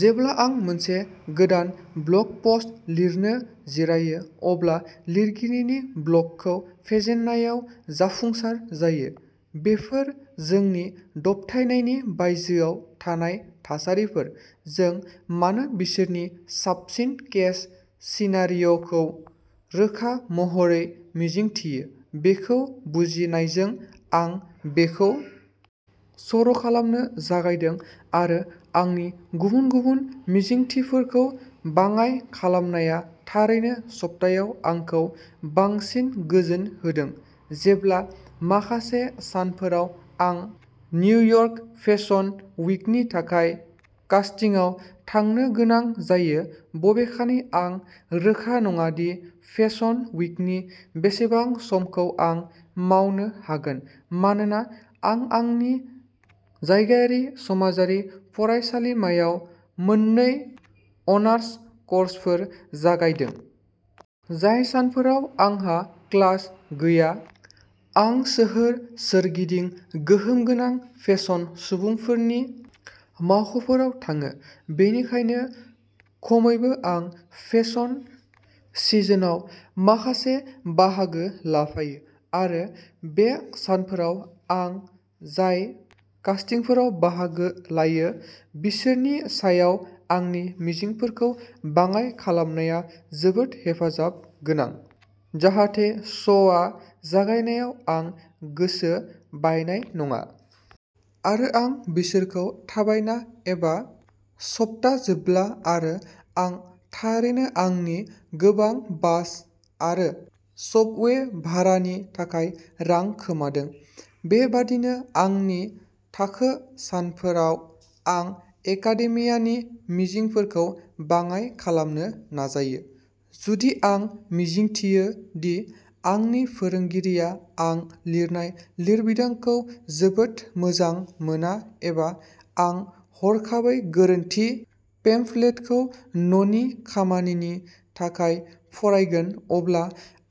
जेब्ला आं मोनसे गोदान ब्लग पस्ट लिरनो जिरायो अब्ला लिरगिरिनि ब्लकखौ फेजेननायाव जाफुंसार जायो। बेफोर जोंनि दबथायनायनि बायजोआव थानाय थासारिफोरः जों मानो बिसोरनि साबसिन केस सिनारियोखौ रोखा महरै मिजिंथियो? बेखौ बुजिनायजों, आं बेखौ सर'खालामनो जागायदों, आरो आंनि गुबुन गुबुन मिजिंथिफोरखौ बाङाइ खालामनाया थारैनो सप्तायाव आंखौ बांसिन गोजोन होदों, जेब्ला माखासे सानफोराव आं निउयर्क फेसन वीकनि थाखाय कास्टिंआव थांनो गोनां जायो, बबेखानि आं रोखा नङा दि फेसन वीकनि बेसेबां समखौ आं मावनो हागोन मानोना आं आंनि जायगायारि समाजारि फरायसालिमायाव मोननै अनार्स कर्सफोर जागायदों। जाय सानफोराव आंहा क्लास गैया, आं सोहोर सोरगिदिं गोहोम गोनां फेसन सुबुंफोरनि मावख'फोराव थाङो, बेनिखायनो खमैबो आं फेसन सिजनआव माखासे बाहागो लाफायो, आरो बे सानफोराव आं जाय कास्टिंफोराव बाहागो लायो, बिसोरनि सायाव आंनि मिजिंफोरखौ बाङाइ खालामनाया जोबोद हेफाजाब गोनां, जाहाथे श'आ जागायनायाव आं गोसो बायनाय नङा। आरो आं बिसोरखौ थाबायना एबा सप्ता जोबब्ला आरो आं थारैनो आंनि गोबां बास आरो सबवे भारानि थाखाय रां खोमादों। बे बादिनो आंनि थाखो सानफोराव आं एकाडेमियानि मिजिंफोरखौ बाङाइ खालामनो नाजायो। जुदि आं मिजिंथियो दि आंनि फोरोंगिरिआ आं लिरनाय लिरबिदांखौ जोबोद मोजां मोना एबा आं हरखाबै गोरोन्थि पेम्फलेटखौ न'नि खामानिनि थाखाय फरायगोन, अब्ला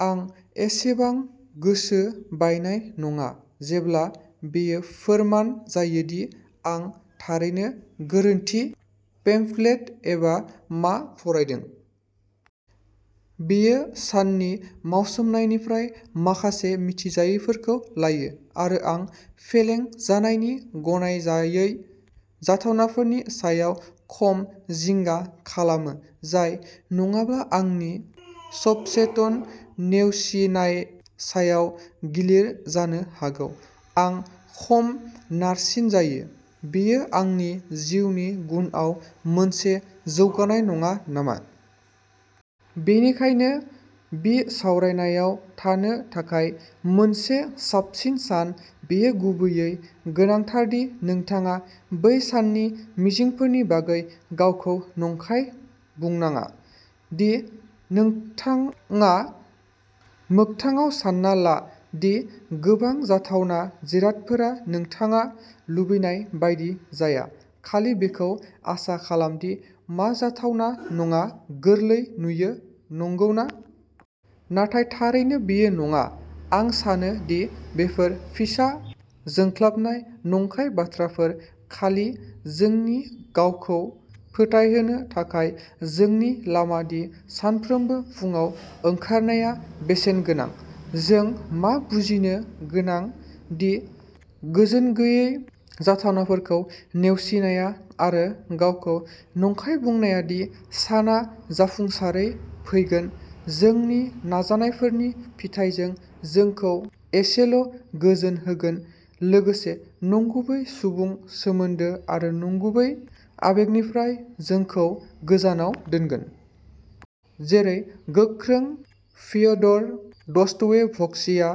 आं एसेबां गोसो बायनाय नङा जेब्ला बेयो फोरमान जायो दि आं थारैनो गोरोन्थि पेम्फलेट एबा मा फरायदों। बेयो साननि मावसोमनायनिफ्राय माखासे मिथिजायैफोरखौ लायो, आरो आं फेलें जानायनि गनायजायै जाथावनाफोरनि सायाव खम जिंगा खालामो जाय नङाब्ला आंनि अबचेतन, नेवसिनाय सायाव गिलिर जानो हागौ। आं खम नारसिनजायो। बेयो आंनि जिउनि गुनआव मोनसे जौगानाय नङा नामा? बेनिखायनो बिसावरायनायावः थानो थाखाय। मोनसे साबसिन सान, बेयो गुबैयै गोनांथार दि नोंथाङा बै साननि मिजिंफोरनि बागै गावखौ नंखाय बुंनाङा, दि नोंथाङा मोगथाङाव सानना ला दि गोबां जाथावना जिरादफोरा नोंथाङा लुबैनाय बायदि जाया। खालि बेखौ आसा खालाम दि मा जाथावना नङा-गोरलै नुयो, नंगौना? नाथाय थारैनो बेयो नङाः आं सानो दि बेफोर फिसा जोंख्लाबनाय नंखाय बाथ्राफोर खालि जोंनि गावखौ फोथायहोनो थाखाय जोंनि लामा दि सानफ्रोमबो फुंआव ओंखारनाया बेसेनगोनां। जों मा बुजिनो गोनां दि गोजोनगैयै जाथावनाफोरखौ नेवसिनाया आरो गावखौ नंखाय बुंनाया दि साना जाफुंसारै फैगोन, जोंनि नाजानायफोरनि फिथायजों जोंखौ एसेल'गोजोन होगोन, लोगोसे नंगुबै सुबुं सोमोनदो आरो नंगुबै आबेगनिफ्राय जोंखौ गोजानाव दोनगोन। जेरै गोख्रों फ्योदर दस्तयेभस्किआ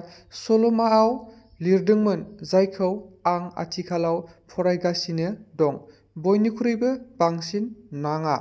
सल'माआव लिरदोंमोन, जायखौ आं आथिखालाव फरायगासिनो दंः "बयनिख्रुइबो बांसिन, नाङा।